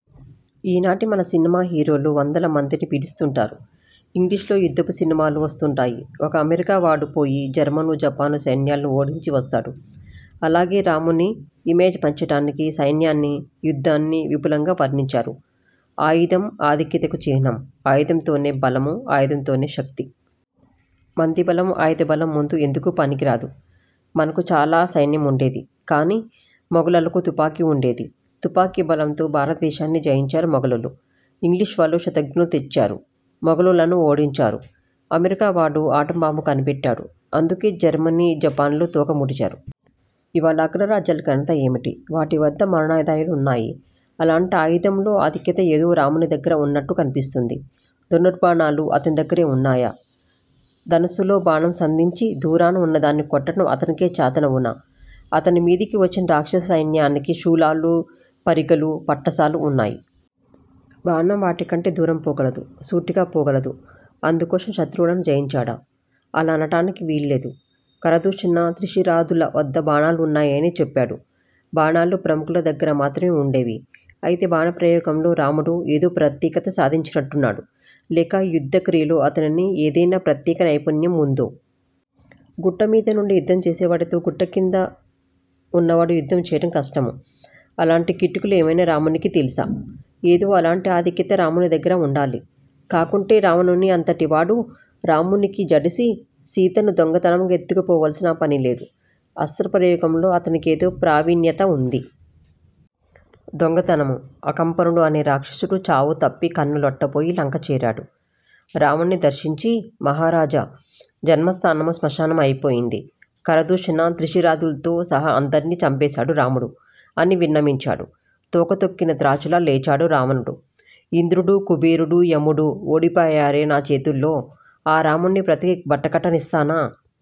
ఈనాటి మన సినిమా హీరోలు వందలమందిని పీడిస్తుంటారు. ఇంగ్లీషులో యుద్ధపు సినిమాలు వస్తుంటాయి. ఒక్క అమెరికా వాడు పోయి జర్మను జపాను సైన్యాలను ఓడించి వస్తాడు. అలాగే రాముని ఇమేజ్ పెంచడానికి సైన్యాన్ని యుద్ధాన్ని విపులంగా వర్ణించారు. ఆయుధం ఆధిక్యతకు చిహ్నం. ఆయుధంతోనే బలం. ఆయుధంతోనే శక్తి. మంది బలం ఆయుధ బలం ముందు ఎందుకూ పనికిరాదు. మనకు చాల సైన్యం ఉండేది. కాని మొగలులకు తుపాకి ఉండేది. తుపాకి బలంతో భారతదేశాన్ని జయించారు మొగలులు. ఇంగ్లీషువాళ్ళు శతఘ్నులు తెచ్చారు. మొగలులను ఓడించారు. అమెరికా వాడు ఆటంబాంబు కనిపెట్టాడు. అందుకే జర్మనీ, జపానులు తోక ముడిచారు. ఇవ్వాళ అగ్రరాజ్యాల ఘనత ఏమిటి? వాటివద్ద మారణాయుధాలున్నాయి. అలాంటి ఆయుధంలో ఆధిక్యత ఏదో రాముని దగ్గర ఉన్నట్లు కనిపిస్తుంది. ధనుర్బాణాలు అతని దగ్గరే ఉన్నాయా? ధనస్సులో బాణం సంధించి దూరాన ఉన్నదాన్ని కొట్టడం అతనికే చాతనవునా? అతని మీదికి వచ్చిన రాక్షస సైన్యానికి శూలాలు, పరిఘలు, పట్టసాలు ఉన్నాయి. బాణం వాటి కంటే దూరం పోగలదు. సూటిగా పోగలదు. అందుకోసం శత్రువులను జయించాడా? అలా అనడానికి వీల్లేదు. ఖరదూషణ త్రిశిరాదుల వద్ద బాణాలున్నాయని చెప్పాడు. బాణాలు ప్రముఖుల దగ్గర మాత్రమే ఉండేవి. అయితే బాణ ప్రయోగంలో రాముడు ఏదో ప్రత్యేకత సాధించినట్లున్నాడు. లేక యుద్ధ క్రియలో అతనిని ఏదయినా ప్రత్యేక నైపుణ్యం ఉందో? గుట్టమీద నుండి యుద్ధం చేసేవాడితో గుట్ట క్రింద వున్నవాడు యుద్ధం చేయడం కష్టం. అలాంటి కిటుకులు ఏమైనా రామునికి తెలుసా? ఏదో అలాంటి ఆధిక్యత రాముని దగ్గర ఉండాలి. కాకుంటే రావణుని అంతటివాడు రామునికి జడిసి సీతను దొంగతనంగా ఎత్తుకుపోవాల్సిన పనిలేదు. అస్త్ర ప్రయోగంలో అతనికేదో ప్రావీణ్యత ఉంది. దొంగతనం: అకంపనుడు, అనే రాక్షసుడు చావుతప్పి కన్ను లొట్టబోయి లంక చేరాడు. రావణుణ్ణి దర్శించి మహారాజా! జన్మస్థానం శ్మశానం అయిపోయింది. ఖరదూషణ త్రిశిరాదుల్తో సహా అందర్నీ చంపేశాడు రాముడు అని విన్నవించాడు. తోక తొక్కిన త్రాచులా లేచాడు రావణుడు. ఇంద్రుడు, కుబేరుడూ, యముడూ ఓడిపోయారే నా చేతుల్లో, ఈ రాముణ్ణి బతికి బట్టకట్టనిస్తానా?